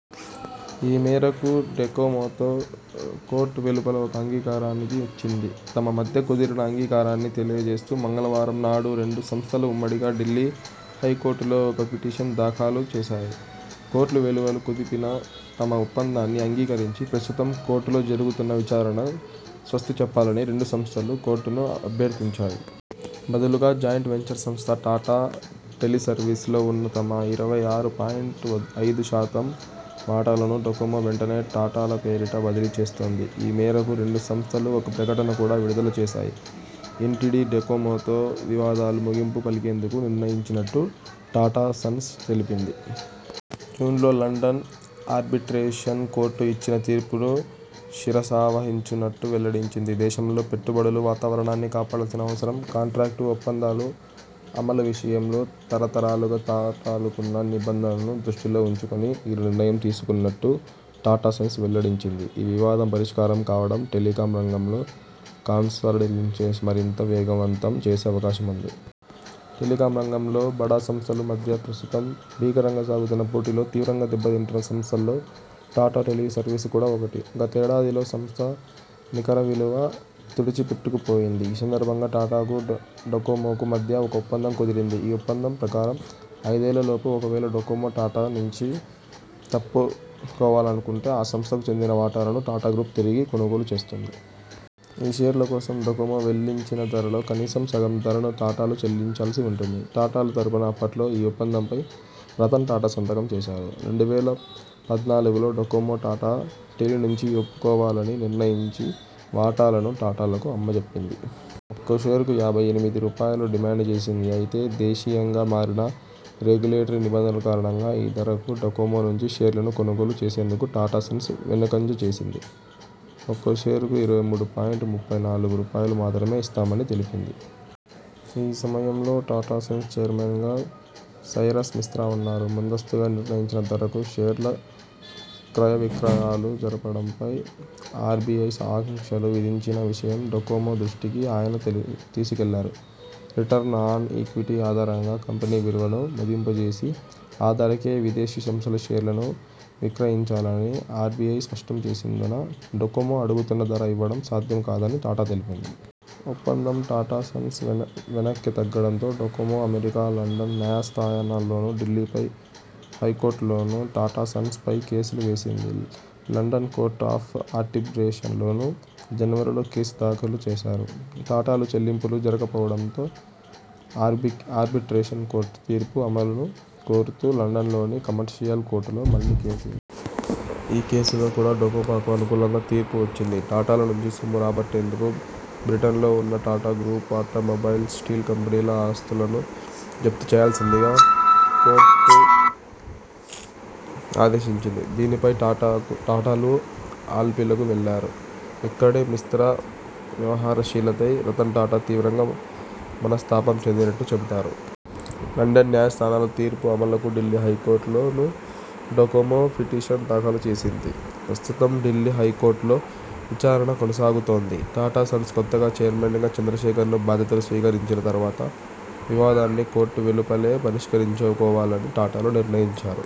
ఈ మేరకు డొకోమోతో కోర్టు వెలుపల ఒక అంగీకారానికి వచ్చింది. తమ మధ్య కుదిరిన అంగీకారాన్ని తెలియజేస్తూ, మంగళవారం నాడు రెండు సంస్థలు ఉమ్మడిగా ఢిల్లీ హైకోర్టులో ఒక పిటిషన్ దాఖలు చేశాయి. కోర్టు వెలుపల కుదిరిన తమ ఒప్పందాన్ని అంగీకరించి, ప్రస్తుతం కోర్టులో జరుగుతున్న విచారణకు స్వస్తిచెప్పాలని రెండు సంస్థలూ కోర్టును అభ్యర్ధించాయి. బదులుగా జాయింట్ వెంచర్ సంస్థ టాటా టెలిసర్వీసెస్ లో ఉన్న తమ ఇరవై ఆరు పాయింట్ ఐదు శాతం వాటాలను డొకోమో వెంటనే టాటాల పేరిట బదిలీ చేస్తుంది. ఈ మేరకు రెండు సంస్థలు ఒక ప్రకటన కూడా విడుదల చేశాయి. ఎన్టిటి డొకోమోతో వివాదానికి ముగింపు పలికేందుకు నిర్ణయించినట్టు టాటా సన్స్ తెలిపింది. జూన్లో లండన్ ఆర్బిట్రేషన్ కోర్టు ఇచ్చిన తీర్పును శిరసావహించనున్నట్టు వెల్లడించింది. దేశంలో పెట్టుబడుల వాతావరణాన్ని కాపాడాల్సిన అవసరం, కాంట్రాక్టు ఒప్పందాల అమలు విషయంలో తరతరాలుగా టాటాలకున్న నిబద్ధతను దృష్టిలో ఉంచుకొని ఈ నిర్ణయం తీసుకున్నట్టు టాటా సన్స్ వెల్లడించింది. ఈ వివాదం పరిష్కారం కావడం టెలికామ్ రంగంలో కన్సాలిడేషన్ను మరింత వేగవంతం చేసే అవకాశముంది. టెలికామ్ రంగంలో బడా సంస్థల మధ్య ప్రస్తుతం భీకరంగా సాగుతున్న పోటీలో తీవ్రంగా దెబ్బతింటున్న సంస్థల్లో టాటా టెలిసర్వీసెస్ కూడా ఒకటి. గతేడాదితోనే సంస్థ నికరవిలువ తుడిచిపెట్టుకుపోయింది. ఈ సందర్భంగా టాటాలకు డొకోమోకు మధ్య ఒక ఒప్పందం కుదిరింది. ఈ ఒప్పందం ప్రకారం ఐదేళ్లలోపు ఒకవేళ డొకోమో టాటా టెలి నుంచి తప్పుకోవాలనుకుంటే ఆ సంస్థకు చెందిన వాటాలను టాటా గ్రూప్ తిరిగి కొనుగోలు చేస్తుంది. ఈ షేర్ల కోసం డొకోమో వెచ్చించిన ధరలో కనీసం సగం ధరను టాటాలు చెల్లించాల్సి ఉంటుంది. టాటాల తరఫున అప్పట్లో ఈ ఒప్పందంపై రతన్ టాటా సంతకం చేశారు. రెండు వేల పద్నాలుగులో డొకోమో టాటా టెలి నుంచి తప్పుకోవాలని నిర్ణయించి, వాటాలను టాటాలకు అమ్మజూపింది. ఒక్కో షేరుకు యాభై ఎనిమిది రూపాయలను డిమాండ్ చేసింది. అయితే, దేశీయంగా మారిన రెగ్యులేటరీ నిబంధనల కారణంగా, ఈ ధరకు డొకోమో నుంచి షేర్లను కొనుగోలు చేసేందుకు టాటా సన్స్ వెనకంజ వేసింది. ఒక్కో షేరుకు ఇరవై మూడు పాయింట్ ముప్పై నాలుగు రూపాయలను మాత్రమే ఇస్తామని తెలిపింది. ఈ సమయంలో టాటా సన్స్ చైర్మన్గా సైరస్ మిస్త్ర ఉన్నారు. ముందస్తుగా నిర్ణయించిన ధరకు షేర్ల క్రయవిక్రయాలు జరపడంపై ఆర్బిఐ ఆంక్షలు విధించిన విషయం డొకోమో దృష్టికి ఆయన తీసుకెళ్లారు. రిటర్న్ ఆన్ ఈక్విటీ ఆధారంగా కంపెనీ విలువను మదింపువేసి ఆ ధరకే విదేశీ సంస్థలు షేర్లను విక్రయించాలని ఆర్బిఐ స్పష్టం చేసినందున డొకోమో అడుగుతున్న ధర ఇవ్వడం సాధ్యం కాదని టాటా తెలిపింది. ఒప్పందంపై టాటా సన్స్ వెనక్కితగ్గడంతో, డొకోమో అమెరికా, లండన్ న్యాయస్థానాల్లోనూ ఢిల్లీ హై కోర్టులోనూ టాటా సన్స్ పై కేసులు వేసింది. లండన్ కోర్ట్ ఆఫ్ ఆర్బిట్రేషన్లోనూ జనవరిలో కేసు దాఖలు చేశారు. టాటాలు చెల్లింపులు జరపకపోవడంతో ఆర్బిట్రేషన్ కోర్టు తీర్పు అమలును కోరుతూ లండన్లోని కమర్షియల్ కోర్టులో మళ్లీ కేసు వేశారు. ఈ కేసులో కూడా డొకోమోకు అనుకూలంగా తీర్పు వచ్చింది. టాటాల నుంచి సొమ్ము రాబట్టేందుకు బ్రిటన్లో ఉన్న టాటా గ్రూప్ ఆటోమొబైల్, స్టీల్ కంపెనీల ఆస్తులను జప్తు చేయాల్సిందిగా కోర్టు ఆదేశించింది. దీనిపైటాటా టాటాలు అప్పీలుకు వెళ్లారు. ఇక్కడే మిస్త్ర వ్యవహారశైలిపై రతన్ టాటా తీవ్రంగా మనస్తాపం చెందినట్టుగా చెబుతారు. లండన్ న్యాయస్థానాల తీర్పు అమలుకు ఢిల్లీ హైకోర్టులో నూ డొకోమో పిటిషన్ దాఖలు చేసింది. ప్రస్తుతం ఢిల్లీ హైకోర్టులో విచారణ కొనసాగుతోంది. టాటా సన్స్ కొత్త చైర్మన్గా చంద్రశేఖరన్ బాధ్యతలు స్వీకరించిన తర్వాత వివాదాన్ని కోర్టు వెలుపలే పరిష్కరించుకోవాలని టాటాలు నిర్ణయించారు.